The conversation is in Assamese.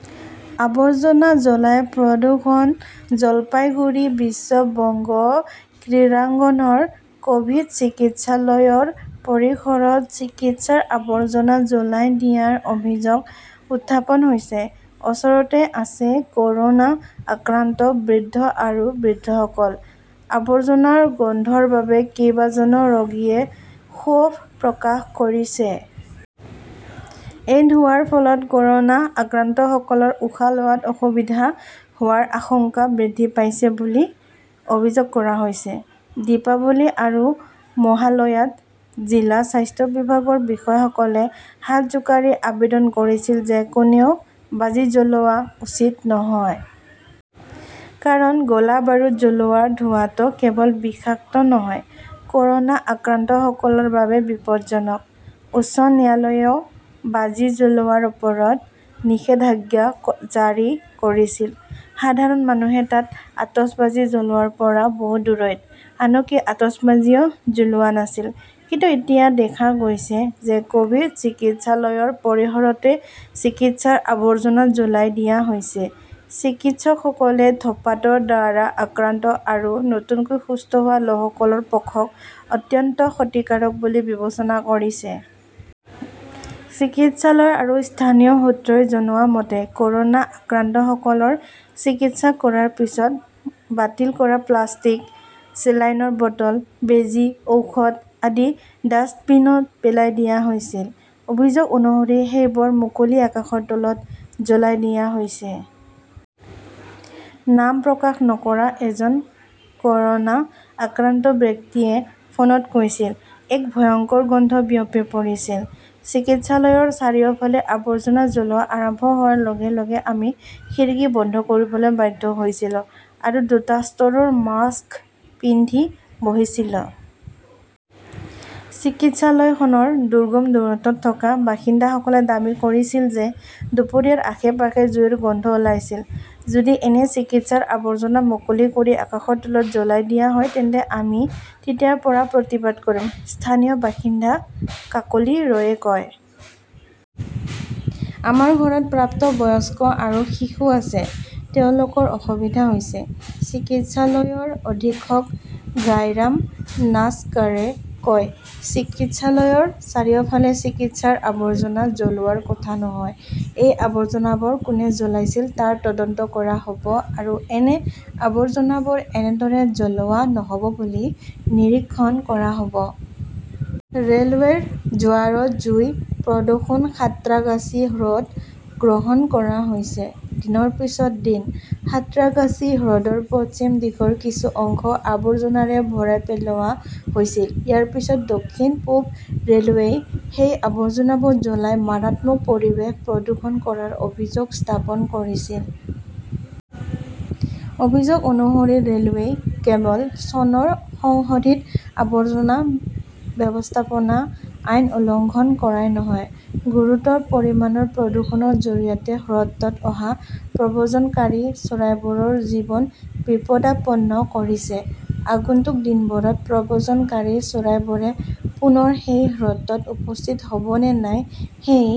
"। আৱৰ্জনা জ্বলাই প্ৰদূষণ জলপাইগুৰি বিশ্ব বংগ ক্ৰিডাঙ্গনৰ ক "ভিড চিকিৎসালয়ৰ পৰিসৰত চিকিৎসাৰ আৱৰ্জনা জ্বলাই দিয়াৰ অভিযোগ উত্থাপন হৈছে। ওচৰতে আছে ক "ৰোনা আক্ৰান্ত বৃদ্ধ আৰু বৃদ্ধসকল। আৱৰ্জনাৰ গোন্ধৰ বাবে কেইবাজনো ৰোগীয়ে ক্ষোভ প্ৰকাশ কৰিছে। এই ধোঁৱাৰ ফলত ক "ৰোনা আক্ৰান্তসকলৰ উশাহ লোৱাত অসুবিধা হোৱাৰ আশংকা বৃদ্ধি পাইছে বুলি অভিযোগ কৰা হৈছে। দীপাৱলী আৰু মহালয়াত জিলা স্বাস্থ্য বিভাগৰ বিষয়াসকলে হাত জোকাৰি আবেদন কৰিছিল যে কোনেও বাজি জ্বলোৱা উচিত নহয়। কাৰণ গোলা-বাৰুদ জ্বলোৱাৰ ধোঁৱাটো কেৱল বিষাক্ত নহয়, ক "ৰোনা আক্ৰান্তসকলৰ বাবে বিপজ্জনক। উচ্চ ন্যায়ালয়েও বাজি জ্বলোৱাৰ ওপৰত নিষেধাজ্ঞা জাৰি কৰিছিল। সাধাৰণ মানুহে তাত আতচবাজী জ্বলোৱাৰ পৰা বহু দূৰৈত, আনকি আতচবাজীও জ্বলোৱা নাছিল। কিন্তু এতিয়া দেখা গৈছে যে ক "ভিড চিকিৎসালয়ৰ পৰিসৰতে চিকিৎসাৰ আৱৰ্জনা জ্বলাই দিয়া হৈছে, চিকিৎসকসকলে ধঁপাতৰ দ্বাৰা আক্ৰান্ত আৰু নতুনকৈ সুস্থ হোৱা লোকসকলৰ পক্ষক অত্যন্ত ক্ষতিকাৰক বুলি বিবেচনা কৰিছে। চিকিৎসালয় আৰু স্থানীয় সূত্ৰই জনোৱা মতে, ক "ৰোনা আক্ৰান্তসকলৰ চিকিৎসা কৰাৰ পিছত বাতিল কৰা প্লাষ্টিক, চেলাইনৰ বটল, বেজী, ঔষধ আদি ডাস্টবিনত পেলাই দিয়া হৈছিল। অভিযোগ অনুসৰি সেইবোৰ মুকলি আকাশৰ তলত জ্বলাই দিয়া হৈছে। নাম প্ৰকাশ নকৰা এজন ক "ৰোনা আক্ৰান্ত ব্যক্তিয়ে ফোনত কৈছিল", এক ভয়ংকৰ গোন্ধ বিয়পি পৰিছিল। চিকিৎসালয়ৰ চাৰিওফালে আৱৰ্জনা জ্বলোৱা আৰম্ভ হোৱাৰ লগে লগে আমি খিৰিকী বন্ধ কৰিবলৈ বাধ্য হৈছিলো আৰু দুটা স্তৰৰ মাস্ক পিন্ধি বহিছিলোঁ। "চিকিৎসালয়খনৰ দুৰ্গম দূৰত্বত থকা বাসিন্দাসকলে দাবী কৰিছিল যে দুপৰীয়াৰ আশে-পাশে জুইৰ গোন্ধ ওলাইছিল। "যদি এনে চিকিৎসাৰ আৱৰ্জনা মুকলি আকাশৰ তলত জ্বলাই দিয়া হয় তেন্তে আমি তেতিয়াৰ পৰা প্ৰতিবাদ কৰিম", স্থানীয় বাসিন্দা কাকলী ৰয়ে কয়। আমাৰ ঘৰত প্ৰাপ্তবয়স্ক আৰু শিশু আছে। তেওঁলোকৰ অসুবিধা হৈছে। "চিকিৎসালয়ৰ অধীক্ষক গায়ৰাম নাছকাৰে কয়", "চিকিৎসালয়ৰ চাৰিওফালে চিকিৎসাৰ আৱৰ্জনা জ্বলোৱাৰ কথা নহয়। " এই আৱৰ্জনাবোৰ কোনে জ্বলাইছিল তাৰ তদন্ত কৰা হ "ব আৰু এনে আৱৰ্জনাবোৰ এনেদৰে জ্বলোৱা নহ" ব বুলি নিৰীক্ষণ কৰা হ "ব। "। ৰে 'লৱেৰ জোৱাৰত জুই, প্ৰদূষণ-সাঁত্ৰাগাছি হ্ৰদ গ্ৰহণ কৰা হৈছে দিনৰ পিছত দিন, সাঁত্ৰাগাছী হ্ৰদৰ পশ্চিম দিশৰ কিছু অংশ আবৰ্জনাৰে ভৰাই পেলোৱা হৈছিল। ইয়াৰ পিছত দক্ষিণ-পূব ৰে "লৱেই সেই আৱৰ্জনাবোৰ জ্বলাই মাৰাত্মক পৰিৱেশ প্ৰদূষণ কৰাৰ অভিযোগ উত্থাপন কৰিছিল। অভিযোগ অনুসৰি ৰে "লৱেই কেৱল চনৰ সংশোধিত আৱৰ্জনা ব্যৱস্থাপনা আইন উলংঘন কৰাই নহয়, গুৰুতৰ পৰিমাণৰ প্ৰদূষণৰ জৰিয়তে হ্ৰদটোত অহা প্ৰব্ৰজনকাৰী চৰাইবোৰৰ জীৱন বিপদাপন্ন কৰিছে। আগন্তুক দিনবোৰত প্ৰব্ৰজনকাৰী চৰাইবোৰে পুনৰ সেই হ্ৰদটোত উপস্থিত হ "ব নে নাই সেই